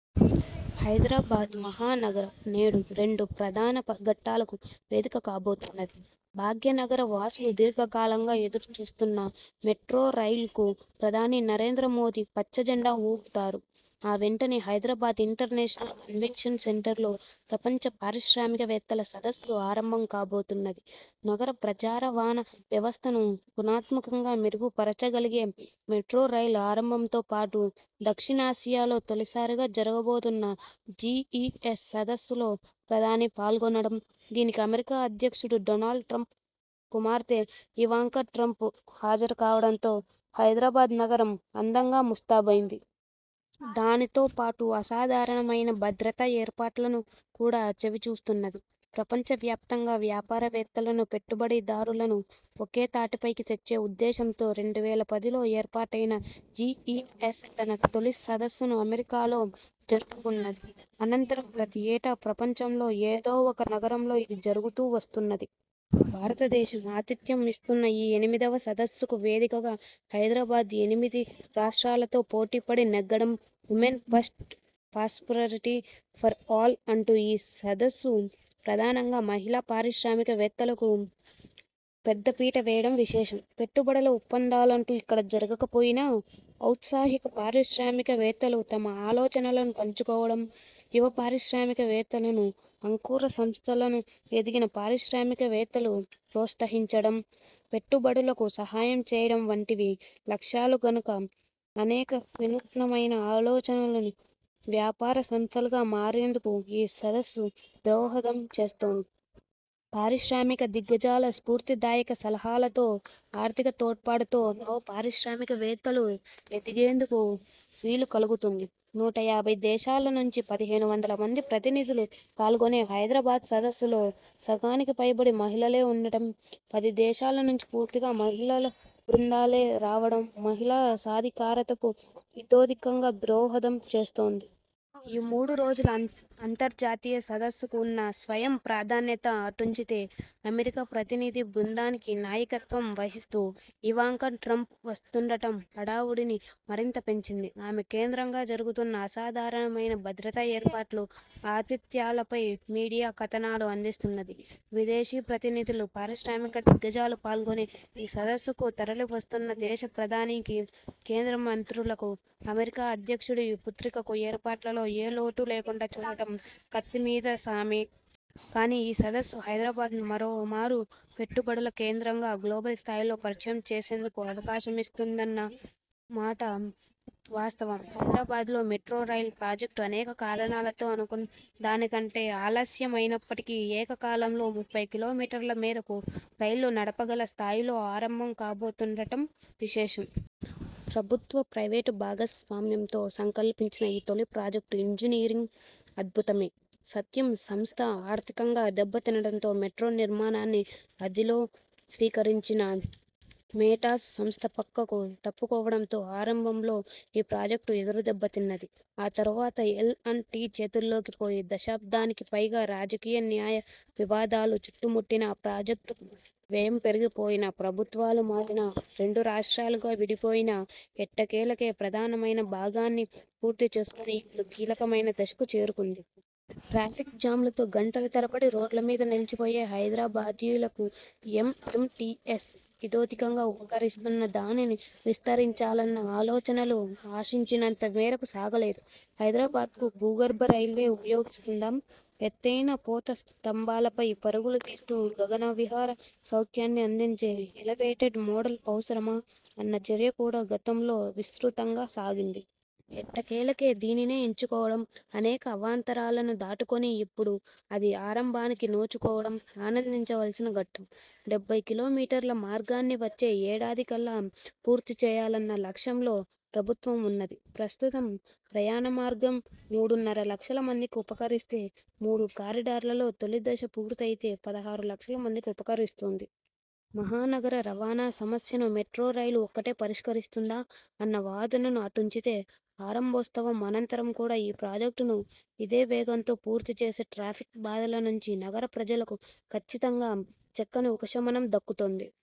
హైదరాబాద్ మహానగరం నేడు రెండు ప్రధాన ఘట్టాలకు వేదిక కాబోతున్నది. భాగ్యనగర వాసులు దీర్ఘకాలంగా ఎదురుచూస్తున్న మెట్రో రైల్కు ప్రధాని నరేంద్రమోదీ పచ్చజెండా ఊపుతారు. ఆ వెంటనే హైదరాబాద్ ఇంటర్నేషనల్ కన్వెన్షన్ సెంటర్లో ప్రపంచ పారిశ్రామిక వేత్తల సదస్సు ఆరంభం కాబోతున్నది. నగర ప్రజారవాణా వ్యవస్థను గుణాత్మకంగా మెరుగు పరచగలిగే మెట్రో రైల్ ఆరంభంతో పాటు, దక్షిణాసియాలో తొలిసారిగా జరగబోతున్న జీ ఈ ఎస్ సదస్సులో ప్రధాని పాల్గొనడం, దీనికి అమెరికా అధ్యక్షుడు డొనాల్డ్ ట్రంప్ కుమార్తె ఇవాంకా ట్రంప్ హాజరు కావడంతో హైదరాబాద్ నగరం అందంగా ముస్తాబైంది. దానితో పాటు అసాధారణమైన భద్రతా ఏర్పాట్లను కూడా చవిచూస్తున్నది. ప్రపంచ వ్యాప్తంగా వ్యాపారవేత్తలను, పెట్టుబడి దారులను ఒకే తాటిపైకి తెచ్చే ఉద్దేశంతో రెండు వేల పదిలో ఏర్పాటైన జీ ఈ ఎస్ తన తొలి సదస్సును అమెరికాలో జరుపుకున్నది. అనంతరం ప్రతి ఏటా ప్రపంచంలోని ఏదో ఒక నగరంలో ఇది జరుగుతూ వస్తున్నది. భారతదేశం ఆతిథ్యం ఇస్తున్న ఈ ఎనిమిదివ సదస్సుకు వేదికగా హైదరాబాద్ ఎనిమిది రాష్ట్రాలతో పోటీపడి నెగ్గడం, 'women first, prosperity for all' అంటూ ఈ సదస్సు ప్రధానంగా మహిళా పారిశ్రామిక వేత్తలకు పెద్ద పీట వేయడం విశేషం. పెట్టుబడుల ఒప్పందాలంటూ ఇక్కడ జరగక పోయినా, ఔత్సాహిక పారిశ్రామిక వేత్తలు తమ ఆలోచనలు పంచుకోవడం, యువ పారిశ్రామిక వేత్తలను, అంకుర సంస్థలను ఎదిగిన పారిశ్రామిక వేత్తలు ప్రోత్సహించడం, పెట్టుబడులకు సహాయం చేయడం వంటివి లక్ష్యాలు కనుక అనేక వినూత్నమైన ఆలోచనలు వ్యాపార సంస్థలుగా మారేందుకు ఈ సదస్సు దోహదం చేస్తుంది. పారిశ్రామిక దిగ్గజాల స్ఫూర్తిదాయక సలహాలతో, ఆర్థిక తోడ్పాటుతో నవపారిశ్రామిక వేత్తలు ఎదిగేందుకు వీలుకలుగుతుంది. నూట యాభై దేశాల నుంచి పదిహేను వందల మంది ప్రతినిధులు పాల్గొనే హైదరాబాద్ సదస్సులో సగానికి పైబడి మహిళలే ఉండటం, పదిదేశాల నుంచి పూర్తిగా మహిళా బృందాలే రావడం మహిళా సాధికారతకు ఇతోధికంగా దోహదం చేస్తుంది. ఈ మూడు రోజుల అంతర్జాతీయ సదస్సుకు ఉన్న స్వయం ప్రాధాన్యత అటుంచితే, అమెరికా ప్రతినిధి బృందానికి నాయకత్వం వహిస్తూ ఇవాంకా ట్రంప్ వస్తుండటం హడావుడిని మరింత పెంచింది. ఆమె కేంద్రంగా జరుగుతున్న అసాధారణమైన భద్రతా ఏర్పాట్లు, ఆతిథ్యాలపై మీడియా కథనాలు అందిస్తున్నది. విదేశీ ప్రతినిధులు, పారిశ్రామిక దిగ్గజాలు పాల్గొనే ఈ సదస్సుకూ, తరలివస్తున్న దేశ ప్రధానికీ, కేంద్ర మంత్రులకూ, అమెరికా అధ్యక్షుడి పుత్రికకూ ఏర్పాట్లలో ఏ లోటూ లేకుండా చూడటం కత్తి మీద సామే. కానీ, ఈ సదస్సు హైదరాబాద్ను మరో మారు పెట్టుబడుల కేంద్రంగా గ్లోబల్ స్థాయిలో పరిచయం చేసేందుకు అవకాశమిస్తుందన్న మాట వాస్తవం. హైదరాబాద్ మెట్రో రైల్ ప్రాజెక్టు అనేక కారణాలతో అనుకున్న దానికంటే ఆలస్యమైనప్పటికీ, ఏకకాలంలో ముప్పై కిలోమీటర్ల మేరకు రైళ్ళు నడపగల స్థాయిలో ఆరంభం కాబోతుండటం విశేషం. ప్రభుత్వ, ప్రైవేటు భాగస్వామ్యంతో సంకల్పించిన ఈ తొలి ప్రాజెక్టు ఇంజనీరింగ్ అద్భుతమే. సత్యం సంస్థ ఆర్థికంగా దెబ్బ తినడంతో మెట్రో నిర్మాణాన్ని ఆదిలో స్వీకరించిన మేటాస్ సంస్థ పక్కకు తప్పుకోవడంతో ఆరంభంలో ఈ ప్రాజెక్టు ఎదురుదెబ్బ తిన్నది. ఆ తరువాత ఎల్ అండ్ టీ చేతుల్లోకి పోయి, దశాబ్దానికిపైగా రాజకీయ, న్యాయ వివాదాలు చుట్టుముట్టినా, ప్రాజెక్టు వ్యయం పెరిగిపోయినా, ప్రభుత్వాలు మారినా, రెండు రాష్ట్రాలుగా విడిపోయినా ఎట్టకేలకు ప్రధానమైన భాగాన్ని పూర్తిచేసుకొని ఇప్పుడు కీలకమైన దశకు చేరుకుంది. ట్రాఫిక్ జామ్లతో గంటల తరబడి రోడ్లమీద నిలిచిపోయే హైదరాబాదీయులకు ఎం ఎం టీ ఎస్ ఇతోధికంగా ఉపకరిస్తున్నా, దానిని విస్తరించాలన్న ఆలోచనలు ఆశించినంత మేరకు సాగలేదు. హైదరాబాద్కు భూగర్భ రైల్వే ఉపయోగిస్తుందా, ఎత్తైన పోతస్తంభాలపై పరుగులు తీస్తూ గగనవిహార సౌఖ్యాన్ని అందించే ఎలెవేటెడ్ మోడల్ అవసరమా అన్న చర్చ కూడా గతంలో విస్తృతంగా సాగింది. ఎట్టకేలకు దీనినే ఎంచుకోవడం, అనేక అవాంతరాలను దాటుకొని ఇప్పుడు అది ఆరంభానికి నోచుకోవడం ఆనందించలసిన ఘట్టం. డెబ్బై కిలోమీటర్ల మార్గాన్నీ వచ్చే ఏడాదికల్లా పూర్తి చేయాలన్న లక్ష్యంలో ప్రభుత్వం ఉన్నది. ప్రస్తుత ప్రయాణ మార్గం మూడున్నర లక్షల మందికి ఉపకరిస్తే, మూడు కారిడార్లలో తొలిదశ పూర్తయితే పదహారు లక్షల మందికి ఉపకరిస్తుంది. మహానగర రవాణా సమస్యను మెట్రో రైలు ఒక్కటే పరిష్కరిస్తుందా అన్న వాదనను అటుంచితే, ఆరంభోత్సవం అనంతరం కూడా ఈ ప్రాజెక్టును ఇదే వేగంతో పూర్తి చేస్తే ట్రాఫిక్ బాధల నుంచి నగర ప్రజలకు కచ్చితంగా చక్కని ఉపశమనం దక్కుతుంది.